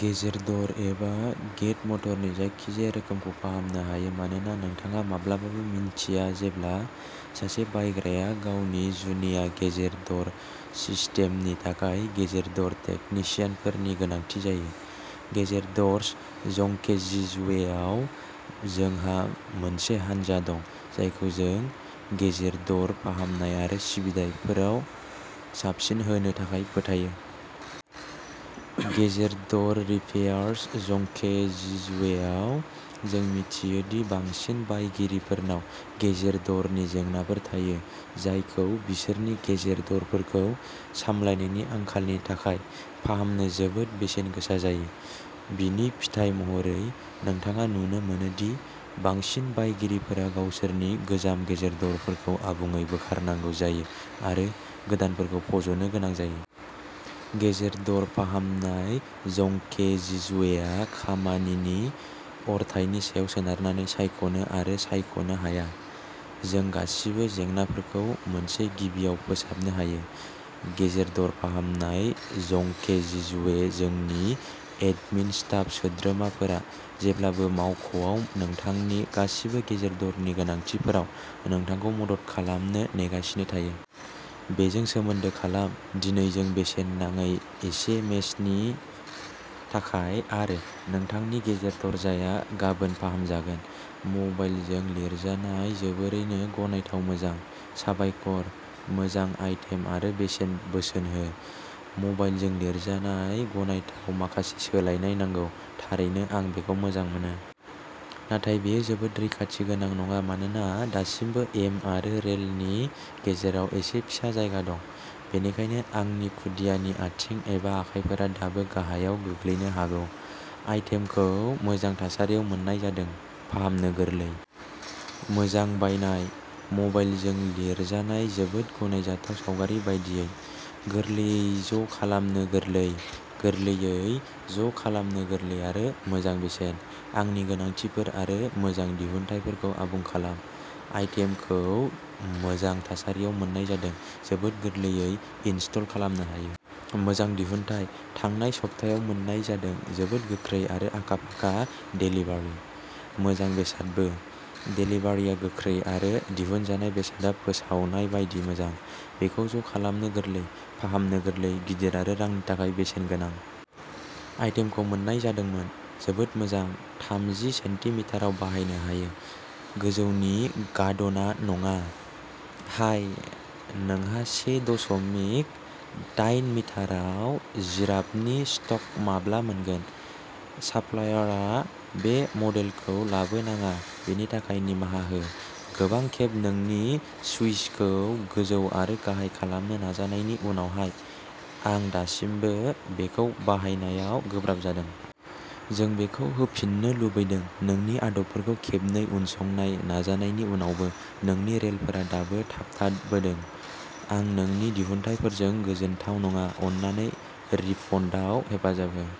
Garage दर एबा gate मटरनि जायखिजाया रोखोमखौ फाहामनो हायो मानोना नोंथाङा माब्लाबाबो मिन्थिया जेब्ला सासे बायग्राया गावनि जुनिया गेरेज दर सिस्टेमनि थाखाय गेरेज दर टेकनिशियानफोरनि गोनांथि जायो। गेरेज दर्स जंकेजिजवेआव जोंहा मोनसे हानजा दं जायखौ जों गेरेज दर फाहामनाय आरो सिबिथाइफोराव साबसिन होनो थाखाय फोथायो। गेरेज दर रिपेयार्स जंकेजिजवेआव जों मिथियो दि बांसिन बायगिरिफोरनाव गेरेज द'रनि जेंनाफोर थायो जायखौ बिसोरनि गेरेज द'रफोरखौ सामलायनायनि आंखालनि थाखाय फाहामनो जोबोद बेसेन गोसा जायो। बेनि फिथाय महरै, नोंथाङा नुनो मोनो दि बांसिन बायगिरिफोरा गावसोरनि गोजाम गेरेज दरफोरखौ आबुङै बोखारनांगौ जायो आरो गोदानफोरखौ फज'नो गोनां जायो। गेरेज दर फाहामनाय जंकेजिजवेआ खामानिनि अरथाइनि सायाव सोनारनानै सायख'नो आरो सायख'नो हाया, जों गासिबो जेंनाफोरखौ मोनसे गिबिआव फोसाबनो हायो! गेरेज दर फाहामनाय जंकेजिजवे जोंनि एडमिन स्टाफ सोद्रोमाफोरा जेब्लाबो मावख'आव नोंथांनि गासिबो गेरेज दरनि गोनांथिफोराव नोंथांखौ मदद खालामनो नेगासिनो थायो। बेजों सोमोन्दो खालाम। दिनै जों बेसेन नाङै एसेमेसनि थाखाय आरो नोंथांनि गेरेज दरजाया गाबोन फाहामजागोन! मबाइलजों लिरजानाय जोबोरैनो गनायथाव मोजां। साबायखर! मोजां आइटेम आरो बेसेन बोसोन हो। मबाइलजों लिरजानाय गनायथाव माखासे सोलायनाय नांगौ! थारैनो आं बेखौ मोजां मोनो। नाथाय बेयो जोबोद रैखाथि गोनां नङा मानोना दासिमबो एम आरो रेलनि गेजेराव एसे फिसा जायगा दं। बेनिखायनो आंनि खुदियानि आथिं एबा आखाइफोरा दाबो गाहायाव गोग्लैनो हागौ। आइटेमखौ मोजां थासारियाव मोन्नाय जादों। फाहामनो गोरलै। मोजां बायनाय! मबाइलजों लिरजानाय जोबोद गनायजाथाव सावगारि बायदियै। गोरलैयै ज' खालामनो गोरलै। गोरलैयै ज' खालामनो गोरलै आरो मोजां बेसेन। आंनि गोनांथिफोर आरो मोजां दिहुनथायफोरखौ आबुं खालाम। आइटेमखौ मोजां थासारियाव मोन्नाय जादों। जोबोद गोरलैयै इनस्टल खालामनो हायो। मोजां दिहुनथाय। थांनाय सप्तायाव मोन्नाय जादों। जोबोद गोख्रै आरो आखा फाखा देलिभारि! मोजां बेसादबो! देलिभारिआ गोख्रै आरो दिहुनजानाय बेसादआ फोसावनाय बायदि मोजां। बेखौ ज' खालामनो गोरलै। फाहामनो गोरलै, गिदिर आरो रांनि थाखाय बेसेन गोनां। आइटेमखौ मोन्नाय जादोंमोन। जोबोद मोजां। थामजि सेन्टिमिटाराव बाहायनो हायो। गोजौनि गाद'ना नङा? हाइ, नोंहा से दसमिक दाइन मिटाराव जिराफनि स्टक माब्ला मोनगोन? साप्लायरआ बे मडेलखौ लाबोनाङा, बेनि थाखाय निमाहा हो। गोबां खेब नोंनि स्विचखौ गोजौ आरो गाहाय खालामनो नाजानायनि उनाव हाय आं दासिमबो बेखौ बाहायनायाव गोब्राब जादों। जों बेखौ होफिननो लुबैदों। नोंनि आदबफोरखौ खेबनै उनसंनाय नाजानायनि उनावबो, नोंनि रेलफोरा दाबो थाबथाबोदों। आं नोंनि दिहुनथायफोरजों गोजोनथाव नङा, अन्नानै रिफन्डआव हेफाजाब हो।